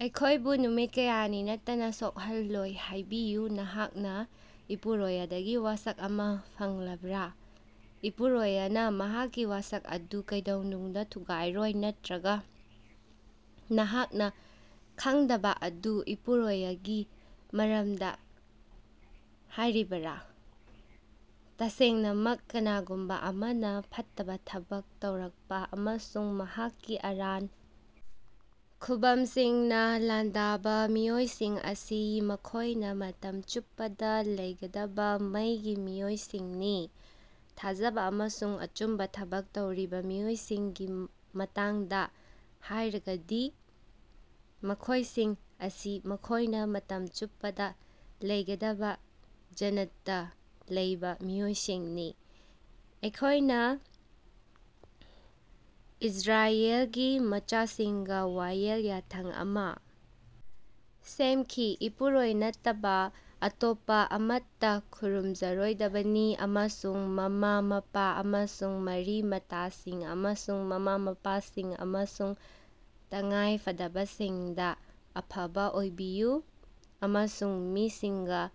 ꯑꯩꯈꯣꯌꯕꯨ ꯅꯨꯃꯤꯠ ꯀꯌꯥꯅꯤ ꯅꯠꯇꯅꯥ ꯁꯣꯛꯍꯜꯂꯣꯏ ꯍꯥꯌꯕꯤꯌꯨ ꯅꯍꯥꯛꯅꯥ ꯏꯄꯨꯔꯣꯌꯗꯒꯤ ꯋꯥꯁꯛ ꯑꯃꯥ ꯐꯪꯂꯕ꯭ꯔꯥ ꯏꯄꯨꯔꯣꯌꯅꯥ ꯃꯍꯥꯛꯀꯤ ꯋꯥꯁꯛ ꯑꯗꯨ ꯀꯩꯗꯧꯅꯨꯡꯗꯥ ꯊꯨꯒꯥꯏꯔꯣꯏ ꯅꯠꯇ꯭ꯔꯒꯥ ꯅꯍꯥꯛꯅꯥ ꯈꯡꯗꯕꯥ ꯑꯗꯨ ꯏꯄꯨꯔꯣꯌꯒꯤ ꯃꯔꯝꯗꯥ ꯍꯥꯌꯔꯤꯕꯔꯥ꯫ ꯇꯁꯦꯡꯅꯃꯛ ꯀꯅꯥꯒꯨꯝꯕꯥ ꯑꯃꯅꯥ ꯐꯠꯇꯕꯥ ꯊꯕꯛ ꯇꯧꯔꯛꯄꯥ ꯑꯃꯁꯨꯡ ꯃꯍꯥꯛꯀꯤ ꯑꯔꯥꯟ ꯈꯨꯕꯝꯁꯤꯡꯅꯥ ꯂꯥꯟꯗꯥꯕꯥ ꯃꯤꯑꯣꯏꯁꯤꯡ ꯑꯁꯤ ꯃꯈꯣꯌꯅꯥ ꯃꯇꯝ ꯆꯨꯞꯄꯗꯥ ꯂꯩꯒꯗꯕꯥ ꯃꯩꯒꯤ ꯃꯤꯑꯣꯏꯁꯤꯡꯅꯤ꯫ ꯊꯥꯖꯕꯥ ꯑꯃꯁꯨꯡ ꯑꯆꯨꯝꯕꯥ ꯊꯕꯛ ꯇꯧꯔꯤꯕꯥ ꯃꯤꯑꯣꯏꯁꯤꯡꯒꯤ ꯃꯇꯥꯡꯗꯥ ꯍꯥꯌꯔꯒꯗꯤ ꯃꯈꯣꯌꯁꯤꯡ ꯑꯁꯤ ꯃꯈꯣꯌꯅꯥ ꯃꯇꯝ ꯆꯨꯞꯄꯗꯥ ꯂꯩꯒꯗꯕꯥ ꯖꯟꯅꯠꯇꯥ ꯂꯩꯕꯥ ꯃꯤꯑꯣꯏꯁꯤꯡꯅꯤ꯫ ꯑꯩꯈꯣꯌꯅꯥ ꯏꯁ꯭ꯔꯥꯌꯦꯂꯒꯤ ꯃꯆꯥꯁꯤꯡꯒꯥ ꯋꯥꯌꯦꯜ ꯌꯥꯊꯪ ꯑꯃꯥ ꯁꯦꯝꯈꯤ ꯏꯄꯨꯔꯣꯌ ꯅꯠꯇꯕꯥ ꯑꯇꯣꯞꯄꯥ ꯑꯃꯠꯇꯥ ꯈꯨꯔꯨꯝꯖꯔꯣꯏꯗꯕꯅꯤ ꯑꯃꯁꯨꯡ ꯃꯃꯥ-ꯃꯄꯥ ꯑꯃꯁꯨꯡ ꯃꯔꯤ-ꯃꯇꯥꯁꯤꯡ ꯑꯃꯁꯨꯡ ꯃꯃꯥ-ꯃꯄꯥꯁꯤꯡ ꯑꯃꯁꯨꯡ ꯇꯉꯥꯏꯐꯗꯕꯁꯤꯡꯗꯥ ꯑꯐꯕꯥ ꯑꯣꯏꯕꯤꯌꯨ ꯑꯃꯁꯨꯡ ꯃꯤꯁꯤꯡꯒꯥ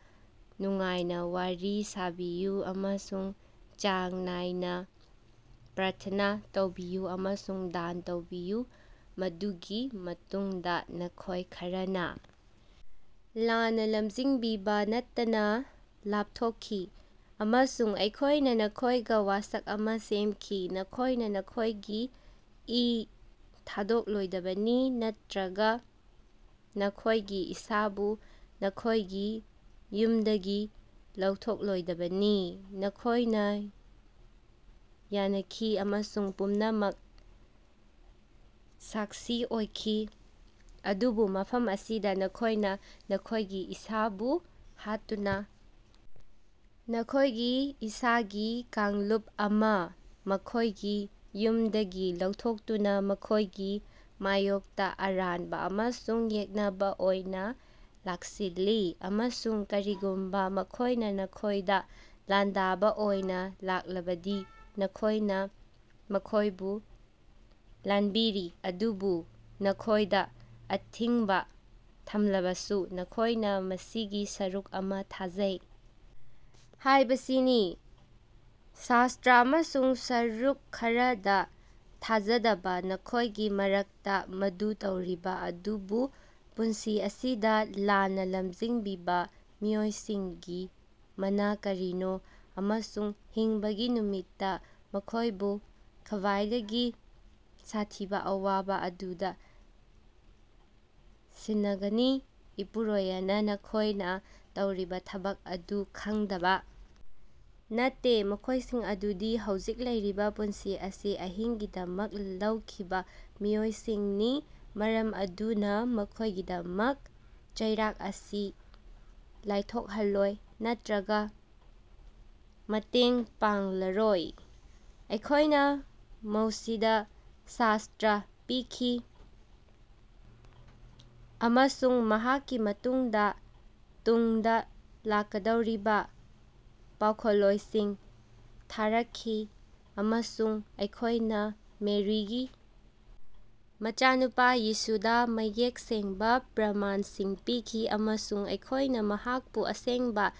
ꯅꯨꯡꯉꯥꯏꯅꯥ ꯋꯥꯔꯤ ꯁꯥꯕꯤꯌꯨ ꯑꯃꯁꯨꯡ ꯆꯥꯡ ꯅꯥꯏꯅꯥ ꯄ꯭ꯔꯥꯔꯊꯅꯥ ꯇꯧꯕꯤꯌꯨ ꯑꯃꯁꯨꯡ ꯗꯥꯟ ꯇꯧꯕꯤꯌꯨ ꯃꯗꯨꯒꯤ ꯃꯇꯨꯡꯗꯥ ꯅꯈꯣꯌ ꯈꯔꯅꯥ ꯂꯥꯟꯅꯥ ꯂꯝꯖꯤꯡꯕꯤꯕꯥ ꯅꯠꯇꯅꯥ ꯂꯥꯞꯊꯣꯛꯈꯤ꯫ ꯑꯃꯁꯨꯡ ꯑꯩꯈꯣꯌꯅꯥ ꯅꯈꯣꯌꯒꯥ ꯋꯥꯁꯛ ꯑꯃꯥ ꯁꯦꯝꯈꯤ ꯅꯈꯣꯌꯅꯥ ꯅꯈꯣꯌꯒꯤ ꯏ ꯊꯥꯗꯣꯛꯂꯣꯏꯗꯕꯅꯤ ꯅꯠꯔꯒꯥ ꯅꯈꯣꯌꯒꯤ ꯏꯁꯥꯕꯨ ꯅꯈꯣꯌꯒꯤ ꯌꯨꯝꯗꯒꯤ ꯂꯧꯊꯣꯛꯂꯣꯏꯗꯕꯅꯤ ꯅꯈꯣꯌꯅꯥ ꯌꯥꯅꯈꯤ ꯑꯃꯁꯨꯡ ꯄꯨꯝꯅꯃꯛ ꯁꯥꯛꯁꯤ ꯑꯣꯏꯈꯤ꯫ ꯑꯗꯨꯕꯨ ꯃꯐꯝ ꯑꯁꯤꯗꯥ ꯅꯈꯣꯌꯅꯥ ꯅꯈꯣꯌꯒꯤ ꯏꯁꯥꯕꯨ ꯍꯥꯠꯇꯨꯅꯥ ꯅꯈꯣꯌꯒꯤ ꯏꯁꯥꯒꯤ ꯀꯥꯡꯂꯨꯞ ꯑꯃꯥ ꯃꯈꯣꯌꯒꯤ ꯌꯨꯝꯗꯒꯤ ꯂꯧꯊꯣꯛꯇꯨꯅꯥ ꯃꯈꯣꯌꯒꯤ ꯃꯥꯌꯣꯛꯇꯥ ꯑꯔꯥꯟꯕꯥ ꯑꯃꯁꯨꯡ ꯌꯦꯛꯅꯕꯥ ꯑꯣꯏꯅꯥ ꯂꯥꯛꯁꯤꯜꯂꯤ ꯑꯃꯁꯨꯡ ꯀꯔꯤꯒꯨꯝꯕꯥ ꯃꯈꯣꯌꯅꯥ ꯅꯈꯣꯌꯗꯥ ꯂꯥꯟꯗꯥꯕꯥ ꯑꯣꯏꯅꯥ ꯂꯥꯛꯂꯕꯗꯤ ꯅꯈꯣꯌꯅꯥ ꯃꯈꯣꯌꯕꯨ ꯂꯥꯅꯕꯤꯔꯤ ꯑꯗꯨꯕꯨ ꯅꯈꯣꯌꯗꯥ ꯑꯊꯤꯡꯕꯥ ꯊꯝꯂꯕꯁꯨ ꯅꯈꯣꯌꯅꯥ ꯃꯁꯤꯒꯤ ꯁꯔꯨꯛ ꯑꯃꯥ ꯊꯥꯖꯩ ꯍꯥꯌꯕꯁꯤꯅꯤ꯫ ꯁꯥꯁ꯭ꯇꯔ ꯑꯃꯁꯨꯡ ꯁꯔꯨꯛ ꯈꯔꯗꯥ ꯊꯥꯖꯗꯕꯥ ꯅꯈꯣꯌꯒꯤ ꯃꯔꯛꯇꯥ ꯃꯗꯨ ꯇꯧꯔꯤꯕꯥ ꯑꯗꯨꯕꯨ ꯄꯨꯟꯁꯤ ꯑꯁꯤꯗꯥ ꯂꯥꯟꯅꯥ ꯂꯝꯖꯤꯡꯕꯤꯕꯥ ꯃꯤꯑꯣꯏꯁꯤꯡꯒꯤ ꯃꯅꯥ ꯀꯔꯤꯅꯣ ꯑꯃꯁꯨꯡ ꯍꯤꯡꯕꯒꯤ ꯅꯨꯃꯤꯠꯇꯥ ꯃꯈꯣꯌꯕꯨ ꯈ꯭ꯕꯥꯏꯗꯒꯤ ꯁꯥꯊꯤꯕꯥ ꯑꯋꯥꯕꯥ ꯑꯗꯨꯗꯥ ꯁꯤꯟꯅꯒꯅꯤ ꯏꯄꯨꯔꯣꯌꯅꯥ ꯅꯈꯣꯌꯅꯥ ꯇꯧꯔꯤꯕꯥ ꯊꯕꯛ ꯑꯗꯨ ꯈꯡꯗꯕꯥ ꯅꯠꯇꯦ꯫ ꯃꯈꯣꯌꯁꯤꯡ ꯑꯗꯨꯗꯤ ꯍꯧꯖꯤꯛ ꯂꯩꯔꯤꯕꯥ ꯄꯨꯟꯁꯤ ꯑꯁꯤ ꯑꯍꯤꯡꯒꯤꯗꯃꯛ ꯂꯧꯈꯤꯕꯥ ꯃꯤꯑꯣꯏꯁꯤꯡꯅꯤ ꯃꯔꯝ ꯑꯗꯨꯅꯥ ꯃꯈꯣꯌꯒꯤꯗꯃꯛ ꯆꯩꯔꯥꯛ ꯑꯁꯤ ꯂꯥꯏꯊꯣꯛꯍꯜꯂꯣꯏ ꯅꯠꯇ꯭ꯔꯒꯥ ꯃꯇꯦꯡ ꯄꯥꯡꯂꯔꯣꯏ꯫ ꯑꯩꯈꯣꯌꯅꯥ ꯃꯧꯁꯤꯗꯥ ꯁꯥꯁ꯭ꯇꯔ ꯄꯤꯈꯤ ꯑꯃꯁꯨꯡ ꯃꯍꯥꯛꯀꯤ ꯃꯇꯨꯡꯗꯥ ꯇꯨꯡꯗꯥ ꯂꯥꯛꯀꯗꯧꯔꯤꯕꯥ ꯄꯥꯎꯈꯣꯜꯂꯣꯏꯁꯤꯡ ꯊꯥꯔꯛꯈꯤ ꯑꯃꯁꯨꯡ ꯑꯩꯈꯣꯌꯅꯥ ꯃꯦꯔꯤꯒꯤ ꯃꯆꯥꯅꯨꯄꯥ ꯌꯤꯁꯨꯗꯥ ꯃꯌꯦꯛ ꯁꯦꯡꯕꯥ ꯄ꯭ꯔꯃꯥꯟꯁꯤꯡ ꯄꯤꯈꯤ ꯑꯃꯁꯨꯡ ꯑꯩꯈꯣꯌꯅꯥ ꯃꯍꯥꯛꯄꯨ ꯑꯁꯦꯡꯕꯥ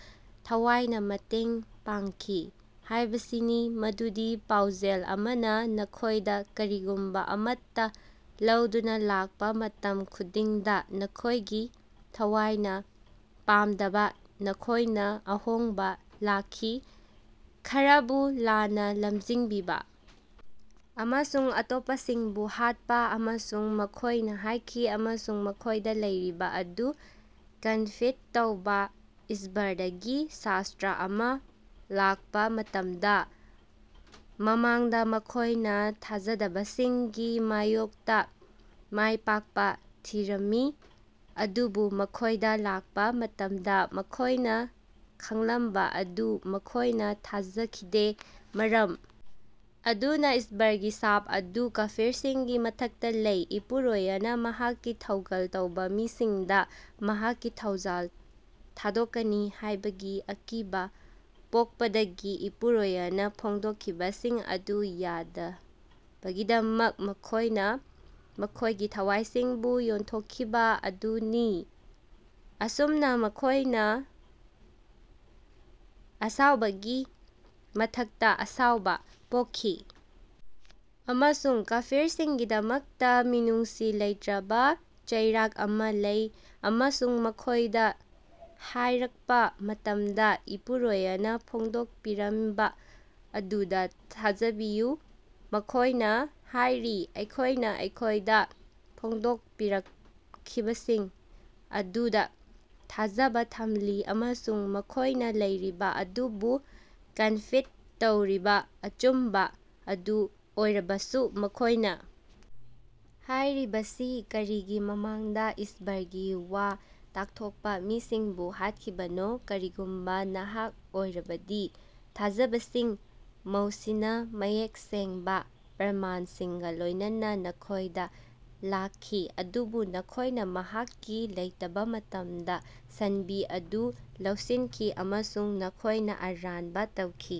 ꯊꯋꯥꯌꯅꯥ ꯃꯇꯦꯡ ꯄꯥꯡꯈꯤ ꯍꯥꯌꯕꯁꯤꯅꯤ ꯃꯗꯨꯗꯤ ꯄꯥꯎꯖꯦꯜ ꯑꯃꯅꯥ ꯅꯈꯣꯌꯗꯥ ꯀꯔꯤꯒꯨꯝꯕꯥ ꯑꯃꯠꯇꯥ ꯂꯧꯗꯨꯅꯥ ꯂꯥꯛꯄꯥ ꯃꯇꯝ ꯈꯨꯗꯤꯡꯗꯥ ꯅꯈꯣꯌꯒꯤ ꯊꯋꯥꯌꯅꯥ ꯄꯥꯝꯗꯕꯥ ꯅꯈꯣꯌꯅꯥ ꯑꯍꯣꯡꯕꯥ ꯂꯥꯛꯈꯤ꯫ ꯈꯔꯕꯨ ꯂꯥꯟꯅꯥ ꯂꯝꯖꯤꯡꯕꯤꯕꯥ ꯑꯃꯁꯨꯡ ꯑꯇꯣꯞꯄꯁꯤꯡꯕꯨ ꯍꯥꯠꯄꯥ꯫ ꯑꯃꯁꯨꯡ ꯃꯈꯣꯌꯅꯥ ꯍꯥꯌꯈꯤ꯫ ꯑꯃꯁꯨꯡ ꯃꯈꯣꯌꯗꯥ ꯂꯩꯔꯤꯕꯥ ꯑꯗꯨ ꯀꯟꯐꯤꯗ ꯇꯧꯕꯥ ꯏꯁ꯭ꯕꯔꯗꯒꯤ ꯁꯥꯁ꯭ꯇ꯭ꯔ ꯑꯃꯥ ꯂꯥꯛꯄꯥ ꯃꯇꯝꯗꯥ ꯃꯃꯥꯡꯗꯥ ꯃꯈꯣꯌꯅꯥ ꯊꯥꯖꯗꯕꯁꯤꯡꯒꯤ ꯃꯥꯌꯣꯛꯇꯥ ꯃꯥꯏꯄꯥꯛꯄꯥ ꯊꯤꯔꯝꯃꯤ ꯑꯗꯨꯕꯨ ꯃꯈꯣꯌꯗꯥ ꯂꯛꯄꯥ ꯃꯇꯝꯗꯥ ꯃꯈꯣꯌꯅꯥ ꯈꯡꯂꯝꯕꯥ ꯑꯗꯨ ꯃꯈꯣꯌꯅꯥ ꯊꯥꯖꯈꯤꯗꯦ ꯃꯔꯝ ꯑꯗꯨꯅꯥ ꯏꯁ꯭ꯕꯔꯒꯤ ꯁꯥꯞ ꯑꯗꯨ ꯀꯥꯐꯤꯔꯁꯤꯡꯒꯤ ꯃꯊꯛꯇꯥ ꯂꯩ꯫ ꯏꯄꯨꯔꯣꯌꯅꯥ ꯃꯍꯥꯛꯀꯤ ꯊꯧꯒꯜ ꯇꯧꯕꯥ ꯃꯤꯁꯤꯡꯗꯥ ꯃꯍꯥꯛꯀꯤ ꯊꯧꯖꯥꯜ ꯊꯥꯗꯣꯛꯀꯅꯤ ꯍꯥꯌꯕꯒꯤ ꯑꯀꯤꯕꯥ ꯄꯣꯛꯄꯗꯒꯤ ꯏꯄꯨꯔꯣꯌꯅꯥ ꯐꯣꯡꯗꯣꯛꯈꯤꯕꯁꯤꯡ ꯑꯗꯨ ꯌꯥꯗꯕꯒꯤꯗꯃꯛ ꯃꯈꯣꯌꯅꯥ ꯃꯈꯣꯌꯒꯤ ꯊꯋꯥꯌꯁꯤꯡꯕꯨ ꯌꯣꯟꯊꯣꯛꯈꯤꯕꯥ ꯑꯗꯨꯅꯤ ꯑꯁꯨꯝꯅꯥ ꯃꯈꯣꯌꯅꯥ ꯑꯁꯥꯑꯣꯕꯒꯤ ꯃꯊꯛꯇꯥ ꯑꯁꯥꯑꯣꯕꯥ ꯄꯣꯛꯈꯤ ꯑꯃꯁꯨꯡ ꯀꯥꯐꯤꯔꯁꯤꯡꯒꯤꯗꯃꯛꯇꯥ ꯃꯤꯅꯨꯡꯁꯤ ꯂꯩꯠꯔꯕꯥ ꯆꯩꯔꯥꯛ ꯑꯃꯥ ꯂꯩ꯫ ꯑꯃꯁꯨꯡ ꯃꯈꯣꯌꯗꯥ ꯍꯥꯌꯔꯛꯄꯥ ꯃꯇꯝꯗꯥ ꯏꯄꯨꯔꯣꯌꯅꯥ ꯐꯣꯡꯗꯣꯀꯄꯤꯔꯝꯕꯥ ꯑꯗꯨꯗꯥ ꯊꯥꯖꯕꯤꯌꯨ ꯃꯈꯣꯌꯅꯥ ꯍꯥꯌꯔꯤ ꯑꯩꯈꯣꯌꯅꯥ ꯑꯩꯈꯣꯌꯗꯥ ꯐꯣꯡꯗꯣꯛꯄꯤꯔꯛꯈꯤꯕꯁꯤꯡ ꯑꯗꯨꯗꯥ ꯊꯥꯖꯕꯥ ꯊꯝꯂꯤ ꯑꯃꯁꯨꯡ ꯃꯈꯣꯌꯅꯥ ꯂꯩꯔꯤꯕꯥ ꯑꯗꯨꯕꯨꯟꯐꯤꯗ ꯇꯧꯔꯤꯕꯥ ꯑꯆꯨꯝꯕꯥ ꯑꯗꯨ ꯑꯣꯏꯔꯕꯁꯨ ꯃꯈꯣꯌꯅꯥ ꯍꯥꯌꯔꯤꯕꯁꯤ ꯀꯔꯤꯒꯤ ꯃꯃꯥꯡꯗꯥ ꯏꯁ꯭ꯕꯔꯒꯤ ꯋꯥ ꯇꯥꯛꯊꯣꯛꯄꯥ ꯃꯤꯁꯤꯡꯕꯨ ꯍꯥꯠꯈꯤꯕꯅꯣ ꯀꯔꯤꯒꯨꯝꯕꯥ ꯅꯍꯥꯛ ꯑꯣꯏꯔꯕꯗꯤ꯫ ꯊꯥꯖꯕꯁꯤꯡ꯫ ꯃꯧꯁꯤꯅꯥ ꯃꯌꯦꯛ ꯁꯦꯡꯕꯥ ꯄ꯭ꯔꯃꯥꯟꯁꯤꯡꯒꯥ ꯂꯣꯌꯅꯅꯥ ꯅꯈꯣꯌꯗꯥ ꯂꯥꯛꯈꯤ ꯑꯗꯨꯕꯨ ꯅꯈꯣꯌꯅꯥ ꯃꯍꯥꯛꯀꯤ ꯂꯩꯇꯕꯥ ꯃꯇꯝꯗꯥ ꯁꯟꯕꯤ ꯑꯗꯨ ꯂꯧꯁꯤꯟꯈꯤ ꯑꯃꯁꯨꯡ ꯅꯈꯣꯌꯅꯥ ꯑꯔꯥꯟꯕꯥ ꯇꯧꯈꯤ꯫